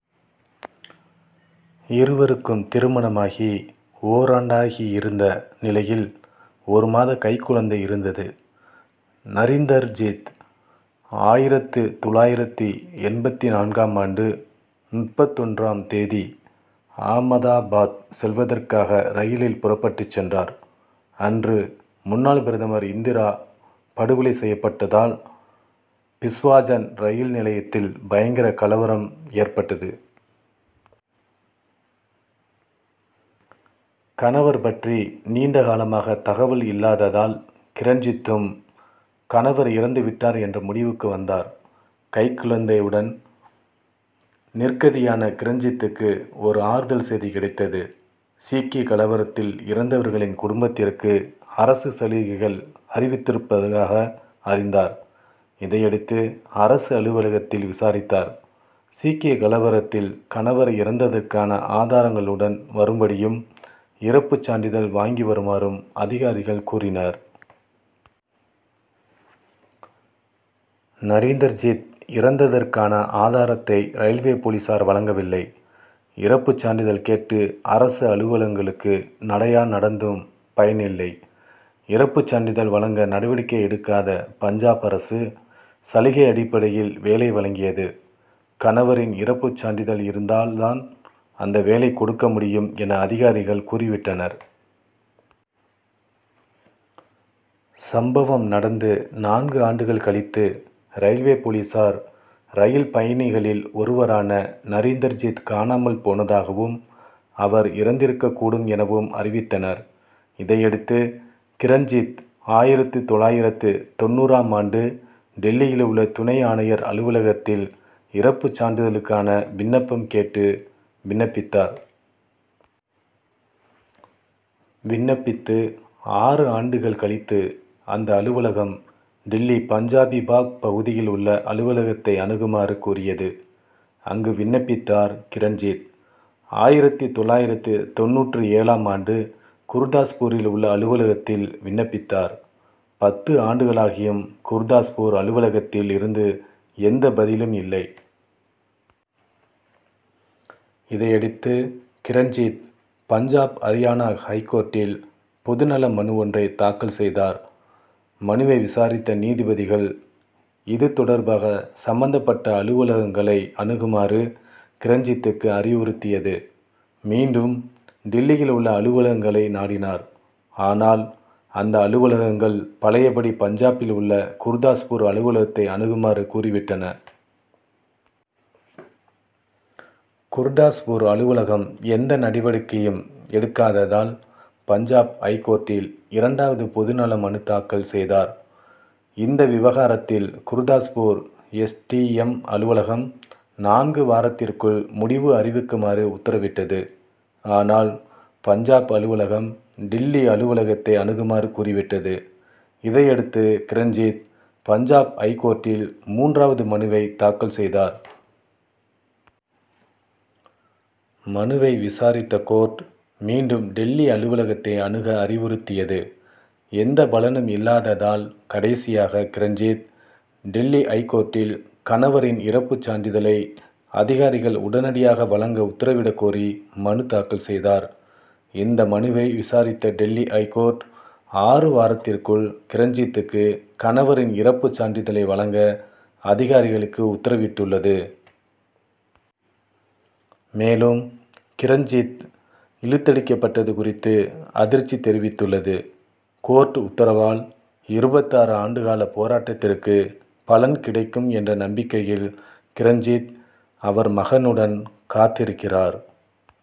இருவருக்கும் திருமணமாகி ஓராண்டாகியிருந்த நிலையில், ஒரு மாத கைக்குழந்தை இருந்தது. நரீந்தர்ஜித், ஆயிரத்து தொள்ளாயிரத்து எண்பத்து நான்காம் ஆண்டு முப்பத்தொன்றாம் தேதி ஆமதாபாத் செல்வதற்காக, ரயிலில் புறப்பட்டுச் சென்றார். அன்று, முன்னாள் பிரதமர் இந்திரா படுகொலை செயப்பட்டதால், பிஸ்வாஜன் ரயில் நிலையத்தில் பயங்கர கலவரம் ஏற்பட்டது. கணவர் பற்றி நீண்ட காலமாக தகவல் இல்லாததால், கிரண்ஜித்தும் கணவர் இறந்து விட்டார் என்ற முடிவுக்கு வந்தார். கைக்குழந்தையுடன் நிர்கதியான கிரண்ஜித்துக்கு, ஒரு ஆறுதல் செதி கிடைத்தது. சீக்கிய கலவரத்தில் இறந்தவர்களின் குடும்பத்திற்கு, அரசு சலுகைகள் அறிவித்திருப்பதாக அறிந்தார். இதையடுத்து அரசு அலுவலகத்தில் விசாரித்தார். சீக்கிய கலவரத்தில் கணவர் இறந்ததற்கான ஆதாரங்களுடன் வரும்படியும், இறப்பு சான்றிதழ் வாங்கி வருமாறும், அதிகாரிகள் கூறினர். நரீந்தர்ஜித் இறந்ததற்கான ஆதாரத்தை ரயில்வே போலீசார் வழங்கவில்லை. இறப்பு சான்றிதழ் கேட்டு அரசு அலுவலகங்களுக்கு, நடையா நடந்தும் பயனில்லை. இறப்பு சான்றிதழ் வழங்க நடவடிக்கை எடுக்காத பஞ்சாப் அரசு, சலுகை அடிப்படையில் வேலை வழங்கியது. கணவரின் இறப்பு சான்றிதழ் இருந்தால் தான் அந்த வேலை கொடுக்க முடியும் என, அதிகாரிகள் கூறிவிட்டனர். சம்பவம் நடந்து நான்கு ஆண்டுகள் கழித்து ரயில்வே போலீசார், ரயில் பயணிகளில் ஒருவரான நரீந்தர்ஜித் காணாமல் போனதாகவும், அவர் இறந்திருக்கக் கூடும் எனவும் அறிவித்தனர். இதையடுத்து கிரண்ஜித், ஆயிரத்து தொள்ளாயிரத்து தொண்ணூறாம் ஆண்டு டில்லியில் உள்ள துணை ஆணையர் அலுவலகத்தில் இறப்பு சான்றிதழுக்கான விண்ணப்பம் கேட்டு விண்ணப்பித்தார். விண்ணப்பித்து ஆறு ஆண்டுகள் கழித்து அந்த அலுவலகம், டில்லி பஞ்சாபிபாக் பகுதியில் உள்ள அலுவலகத்தை அணுகுமாறு கூறியது. அங்கு விண்ணப்பித்தார் கிரண்ஜித். ஆயிரத்து தொள்ளாயிரத்து தொண்ணூற்று ஏழாம் ஆண்டு, குருதாஸ்பூரில் உள்ள அலுவலகத்தில் விண்ணப்பித்தார். பத்து ஆண்டுகளாகியும் குருதாஸ்பூர் அலுவலகத்தில் இருந்து எந்த பதிலும் இல்லை. இதையடுத்து கிரண்ஜித் பஞ்சாப் அரியானா ஐகோர்ட்டில் பொதுநல மனு ஒன்றை தாக்கல் செதார். மனுவை விசாரித்த நீதிபதிகள் இது தொடர்பாக சம்பந்தப்பட்ட அலுவலகங்களை அணுகுமாறு, கிரண்ஜித்திற்கு அறிவுறுத் தியது. மீண்டும் டில்லியில் உள்ள அலுவலகங்களை நாடினார். ஆனால் அந்த அலுவலகங்கள் பழையபடி பஞ்சாபில் உள்ள குருதாஸ்பூர் அலுவலகத்தை அணுகுமாறு கூறிவிட்டன. குருதாஸ்பூர் அலுவலகம் எந்த நடவடிக்கையும் எடுக்காததால், பஞ்சாப் ஐகோர்ட்டில் இரண்டாவது பொதுநல மனு தாக்கல் செதார். இந்த விவகாரத்தில் குருதாஸ்பூர் எஸ். டி. எம்., அலுவலகம், நான்கு வாரத்திற்குள் முடிவு அறிவிக்குமாறு உத்தரவிட்டது. ஆனால், பஞ்சாப் அலுவலகம், டில்லி அலுவலகத்தை அணுகுமாறு கூறி விட்டது. இதையடுத்து, கிரண்ஜித், பஞ்சாப் ஐகோர்ட்டில் மூன்றாவது மனுவை தாக்கல் செதார். மனுவை விசாரித்த கோர்ட் மீண்டும் டில்லி அலுவலகத்தை அணுக அறிவுறுத்தியது. எந்த பலனும் இல்லாததால் கடைசியாக கிரண்ஜித், டில்லி ஐகோர்ட்டில் கணவரின் இறப்புச் சான்றிதழை அதிகாரிகள் உடனடியாக வழங்க உத்தரவிட கோரி மனு தாக்கல் செதார். இந்த மனுவை விசாரித்த டில்லி ஐகோர்ட், ஆறு வாரத்திற்குள் கிரண்ஜித்துக்கு கணவரின் இறப்புச் சான்றிதழை வழங்க, அதிகாரிகளுக்கு உத்தரவிட்டுள்ளது. மேலும் கிரண்ஜித் இழுத்தடிக்கப்பட்டது குறித்து அதிர்ச்சி தெரிவித்துள்ளது. கோர்ட் உத்தரவால், இருபத்தாறு ஆண்டு கால போராட்டத்திற்கு பலன் கிடைக்கும் என்ற நம்பிக்கையில் கிரண்ஜித், அவர் மகனுடன் காத்திருக்கிறார்.